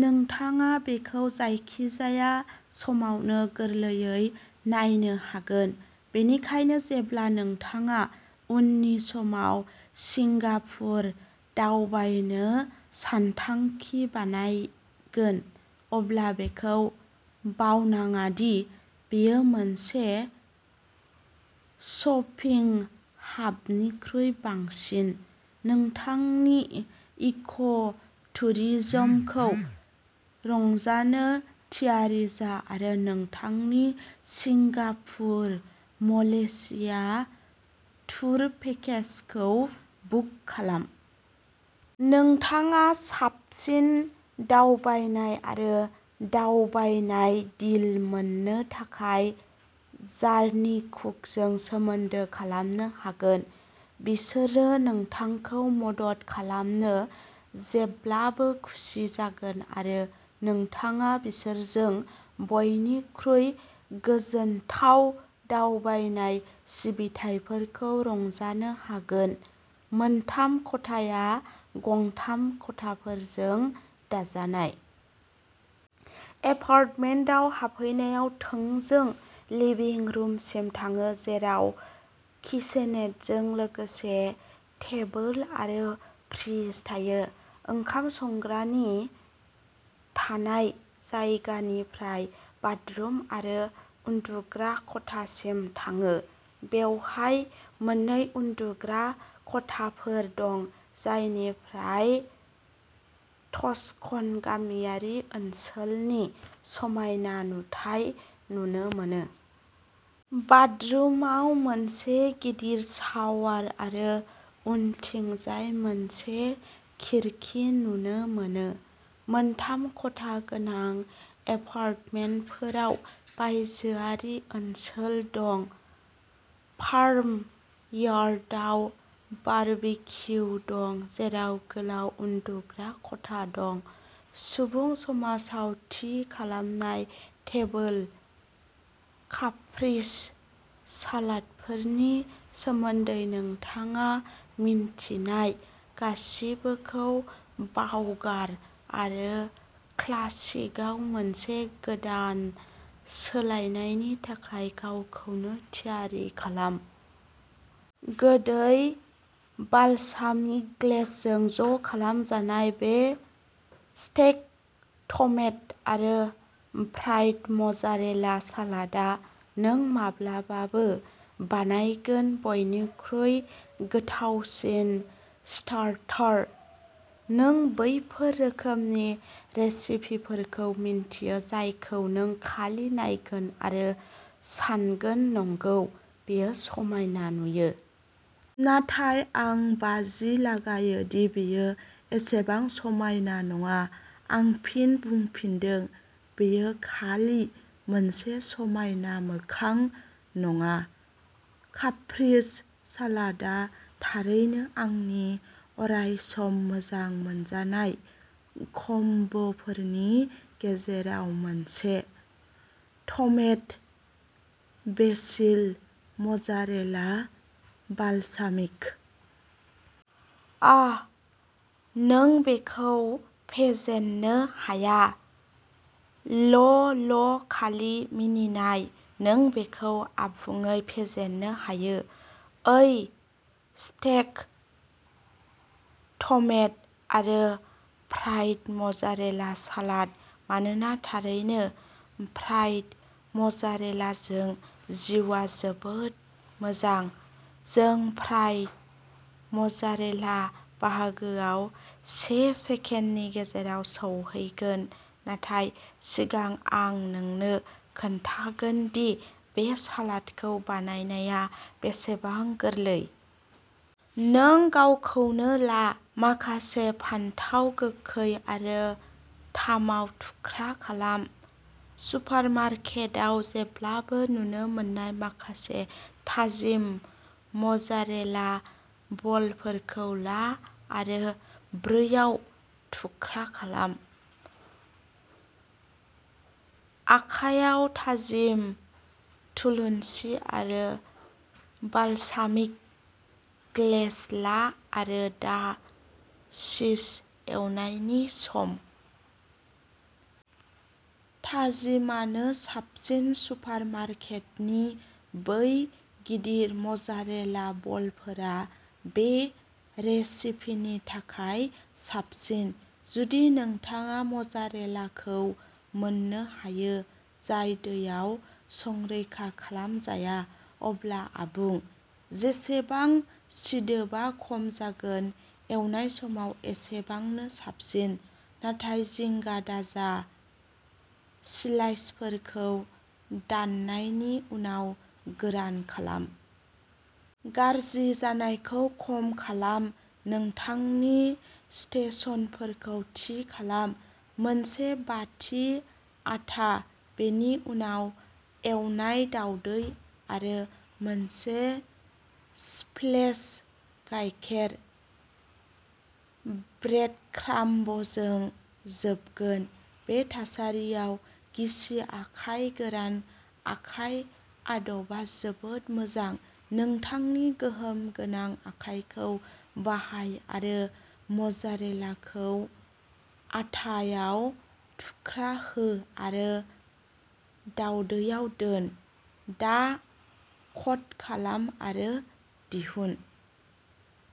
नोंथाङा बेखौ जायखिजाया समावनो गोरलैयै नायनो हागोन। बेनिखायनो जेब्ला नोंथाङा उननि समाव सिंगापुर दावबायनो सानथांखि बानायगोन, अब्ला बेखौ बावनाङा दि बेयो मोनसे शपिं हाबनिख्रुइ बांसिन। नोंथांनि इक' टुरिजमखौ रंजानो थियारि जा आरो नोंथांनि सिंगापुर मलेशिया टुर पेकेजखौ बुक खालाम। नोंथाङा साबसिन दावबायनाय आरो दावबायनाय डिल मोननो थाखाय जार्नीकुकजों सोमोन्दो खालामनो हागोन। बिसोरो नोंथांखौ मदद खालामनो जेब्लाबो खुसि जागोन आरो नोंथाङा बिसोरजों बयनिख्रुइ गोजोनथाव दावबायनाय सिबिथाइफोरखौ रंजानो हागोन। मोनथाम खथाया गंथाम खथाफोरजों दाजानाय। एपार्टमेन्टआव हाबफैनायाव थोंजों लिभिं रुमसिम थाङो जेराव किचेनेटजों लोगोसे टेबोल आरो फ्रिज थायो। ओंखाम संग्रानि थानाय जायगानिफ्राय बाथरुम आरो उन्दुग्रा खथासिम थाङो। बेवहाय मोन्नै उन्दुग्रा खथाफोर दं जायनिफ्राय टस्कन गामियारि ओनसोलनि समायना नुथाय नुनो मोनो। बाथरुमाव मोनसे गिदिर शावर आरो उनथिंजाय मोनसे खिरखि नुनो मोनो। मोनथाम खथा गोनां एपार्टमेन्टफोराव बायजोआरि ओनसोल दं, फार्म यार्डआव बारबिक्यु दं जेराव गोलाव उन्दुग्रा खथा दं। सुबुं समाजाव थि खालामनाय टेबोल। काप्रीस सालादफोरनि सोमोन्दै नोंथाङा मिन्थिनाय गासिबोखौ बावगार आरो क्लासिकआव मोनसे गोदान सोलायनायनि थाखाय गावखौनो थियारि खालाम। गोदै बालसामिक ग्लेजजों ज' खालामजानाय, बे स्टेक्ड टमेट' आरो फ्राइड मजारेला सालादआ नों माब्लाबाबो बानायगोन बयनिख्रुइ गोथावसिन स्टार्टार! नों बैफोर रोखोमनि रेसिपिफोरखौ मिन्थियो जायखौ नों खालि नायगोन आरो सानगोन नंगौ, बेयो समायना नुयो। नाथाय आं बाजि लागायो दि बेयो एसेबां समायना नङा'। आं फिन बुंफिनदों, बेयो खालि मोनसे समायना मोखां नङा। काप्रीस सालादआ थारैनो आंनि अरायसम मोजां मोनजानाय कम्बोफोरनि गेजेराव मोनसे। Tomato ', basil, mozzarella, balsamic. आह। नों बेखौ फेजेननो हाया। ल'ल खालि मिनिनाय, नों बेखौ आबुङै फेजेननो हायो। ओइ, स्टेक्ड टमेट' आरो फ्राइड मजारेला सालाद! मानोना थारैनो, फ्राइड मजारेलाजों जिउआ जोबोद मोजां। जों फ्रायड मजारेला बाहागोआव से सेकेन्डनि गेजेराव सौहैगोन, नाथाय सिगां आं नोंनो खोन्थागोन दि बे सालादखौ बानायनाया बेसेबां गोरलै। नों गावखौनो ला। माखासे फानथाव गोखै आरो थामआव थुख्रा खालाम। सुपारमार्केटआव जेब्लाबो नुनो मोननाय माखासे थाजिम मजारेला बलफोरखौ ला आरो ब्रैआव थुख्रा खालाम। आखायाव थाजिम थुलुनसि आरो बालसामिक ग्लेज ला आरो दा चिज एवनायनि सम! थाजिमानो साबसिन सुपारमार्केटनि बै गिदिर मजारेला बलफोरा बे रेसिपिनि थाखाय साबसिन। जुदि नोंथाङा मजारेलाखौ मोननो हायो जाय दैयाव संरैखा खालामजाया, अब्ला आबुं। जेसेबां सिदोबआ खम जागोन, एवनाय समाव एसेबांनो साबसिन। नाथाय जिंगा दाजा, स्लाइसफोरखौ दाननायनि उनाव गोरान खालाम! गाज्रि जानायखौ खम खालाम नोंथांनि स्टेशनफोरखौ थि खालामः मोनसे बाटि आटा, बेनि उनाव एवनाय दावदै आरो मोनसे स्प्लेश गायखेर, ब्रेडक्राम्बजों जोबगोन। बे थासारियाव गिसि आखाय गोरान आखाय आदबआ जोबोद मोजां। नोंथांनि गोहोम गोनां आखायखौ बाहाय आरो मजारेलाखौ आटा आव थुख्रा हो आरो दावदैआव दोन। दा क'ट खालाम आरो दिहुन।